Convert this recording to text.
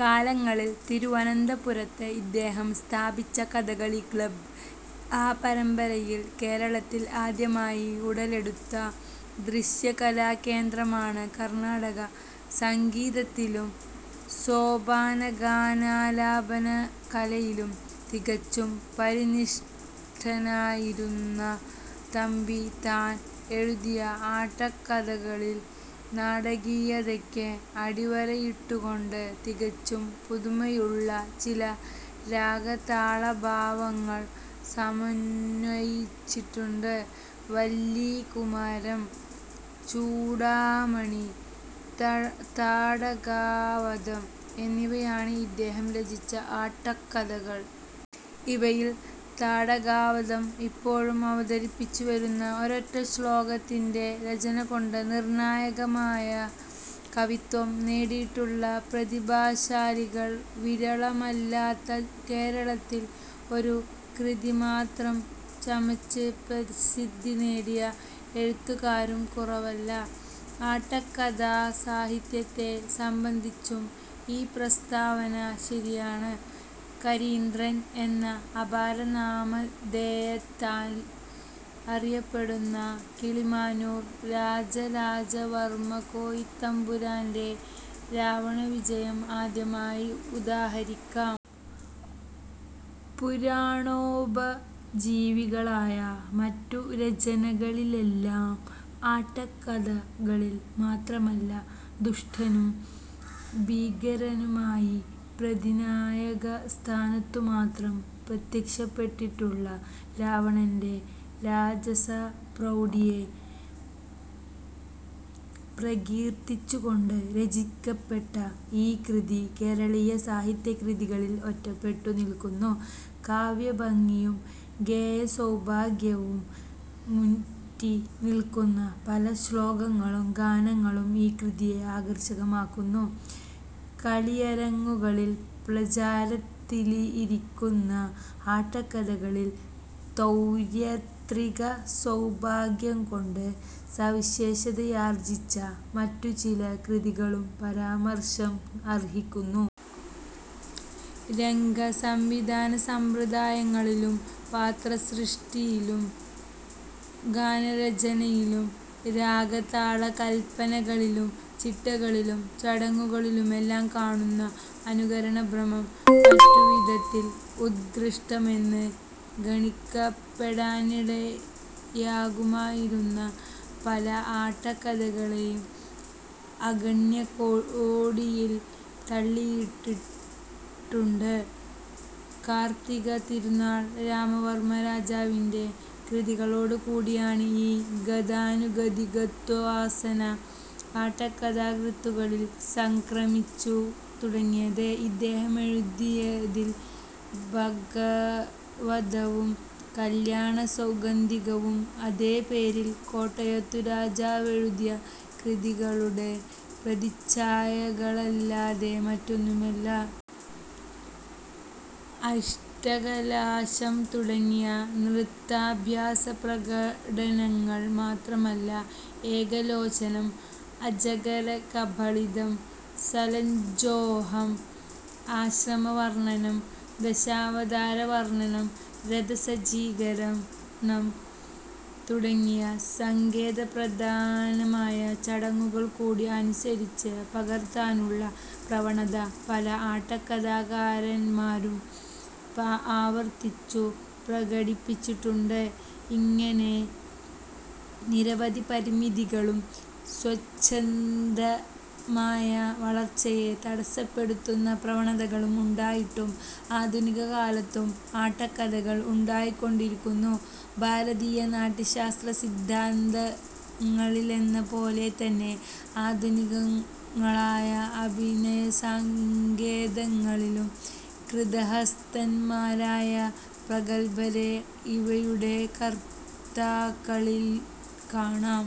കാലങ്ങളിൽ തിരുവനന്തപുരത്ത് ഇദ്ദേഹം സ്ഥാപിച്ച കഥകളി ക്ലബ് ആ പരമ്പരയിൽ കേരളത്തിൽ ആദ്യമായി ഉടലെടുത്ത ദൃശ്യകലാകേന്ദ്രമാണ്. കർണാടക സംഗീതത്തിലും സോപാനഗാനാലാപനകലയിലും തികച്ചും പരിനിഷ്ഠനായിരുന്ന തമ്പി താൻ എഴുതിയ ആട്ടക്കഥകളിൽ നാടകീയതയ്ക്ക് അടിവരയിട്ടുകൊണ്ട് തികച്ചും പുതുമയുള്ള ചില രാഗതാളഭാവങ്ങൾ സമന്വയിച്ചിട്ടുണ്ട്. വല്ലീകുമാരം, ചൂഡാമണി, താടകാവധം എന്നിവയാണ് ഇദ്ദേഹം രചിച്ച ആട്ടക്കഥകൾ. ഇവയിൽ താടകാവധം ഇപ്പോഴും അവതരിപ്പിച്ചുവരുന്നു. ഒരൊറ്റ ശ്ലോകത്തിന്റെ രചനകൊണ്ട് നിർണായകമായ കവിത്വം നേടിയിട്ടുള്ള പ്രതിഭാശാലികൾ വിരളമല്ലാത്ത കേരളത്തിൽ ഒരു കൃതിമാത്രം ചമച്ച് പ്രസിദ്ധി നേടിയ എഴുത്തുകാരും കുറവല്ല. ആട്ടക്കഥാസാഹിത്യത്തെ സംബന്ധിച്ചും ഈ പ്രസ്താവന ശരിയാണ്. 'കരീന്ദ്രൻ' എന്ന അപരനാമധേയത്താൽ അറിയപ്പെടുന്ന കിളിമാനൂർ രാജരാജവർമകോയിത്തമ്പുരാന്റെ രാവണവിജയം ആദ്യമായി ഉദാഹരിക്കാം. പുരാണോപജീവികളായ മറ്റു രചനകളിലെല്ലാം-ആട്ടക്കഥകളിൽ മാത്രമല്ല-ദുഷ്ടനും ഭീകരനുമായി പ്രതിനായകസ്ഥാനത്തുമാത്രം പ്രത്യക്ഷപ്പെട്ടിട്ടുള്ള രാവണന്റെ രാജസപ്രൗഢിയെ പ്രകീർത്തിച്ചുകൊണ്ട് രചിക്കപ്പെട്ട ഈ കൃതി കേരളീയ സാഹിത്യകൃതികളിൽ ഒറ്റപ്പെട്ടു നില്ക്കുന്നു. കാവ്യഭംഗിയും ഗേയസൗഭാഗ്യവും മുറ്റിനില്ക്കുന്ന പല ശ്ലോകങ്ങളും ഗാനങ്ങളും ഈ കൃതിയെ ആകർഷകമാക്കുന്നു. കളിയരങ്ങുകളിൽ പ്രചാരത്തിലിരിക്കുന്ന ആട്ടക്കഥകളിൽ തൗര്യത്രികസൗഭാഗ്യംകൊണ്ട് സവിശേഷതയാർജിച്ച മറ്റു ചില കൃതികളും പരാമർശം അർഹിക്കുന്നു. രംഗസംവിധാനസമ്പ്രദായങ്ങളിലും പാത്രസൃഷ്ടിയിലും ഗാനരചനയിലും രാഗതാളകല്പനകളിലും ചിട്ടകളിലും ചടങ്ങുകളിലുമെല്ലാം കാണുന്ന അനുകരണഭ്രമം മറ്റുവിധത്തിൽ ഉത്കൃഷ്ടമെന്ന് ഗണിക്കപ്പെടാനിടയാകുമായിരുന്ന പല ആട്ടക്കഥകളെയും അഗണ്യകോടിയിൽ തള്ളിയിട്ടുണ്ട്. കാർത്തികതിരുനാൾ രാമവർമ രാജാവിന്റെ കൃതികളോടുകൂടിയാണ് ഈ ഗതാനുഗതികത്വവാസന ആട്ടക്കഥാകൃത്തുകളിൽ സംക്രമിച്ചു തുടങ്ങിയത്. ഇദ്ദേഹമെഴുതിയതിൽ ബകവധവും കല്യാണസൗഗന്ധികവും അതേപേരിൽ കോട്ടയത്തു രാജാവെഴുതിയ കൃതികളുടെ പ്രതിച്ഛായകളല്ലാതെ മറ്റൊന്നുമല്ല. അഷ്ടകലാശം തുടങ്ങിയ നൃത്താഭ്യാസപ്രകടനങ്ങൾ മാത്രമല്ല, 'ഏകലോചനം', 'അജഗരകബളിതം', 'സലജ്ജോഹം', ആശ്രമവർണനം, ദശാവതാരവർണനം, രഥസജ്ജീകരണം തുടങ്ങിയ സങ്കേതപ്രധാനമായ ചടങ്ങുകൾകൂടി അനുകരിച്ച് പകർത്താനുള്ള പ്രവണത പല ആട്ടക്കഥാകാരൻമാരും ആവർത്തിച്ചു പ്രകടിപ്പിച്ചിട്ടുണ്ട്. ഇങ്ങനെ നിരവധി പരിമിതികളും സ്വച്ഛന്ദമായ വളർച്ചയെ തടസ്സപ്പെടുത്തുന്ന പ്രവണതകളും ഉണ്ടായിട്ടും, ആധുനികകാലത്തും ആട്ടക്കഥകൾ ഉണ്ടായിക്കൊണ്ടിരിക്കുന്നു. ഭാരതീയ നാട്യശാസ്ത്രസിദ്ധാന്തങ്ങളിലെന്നപോലെതന്നെ ആധുനികങ്ങളായ അഭിനയസങ്കേതങ്ങളിലും കൃതഹസ്തൻമാരായ പ്രഗല്ഭരെ ഇവയുടെ കർത്താക്കളിൽ കാണാം.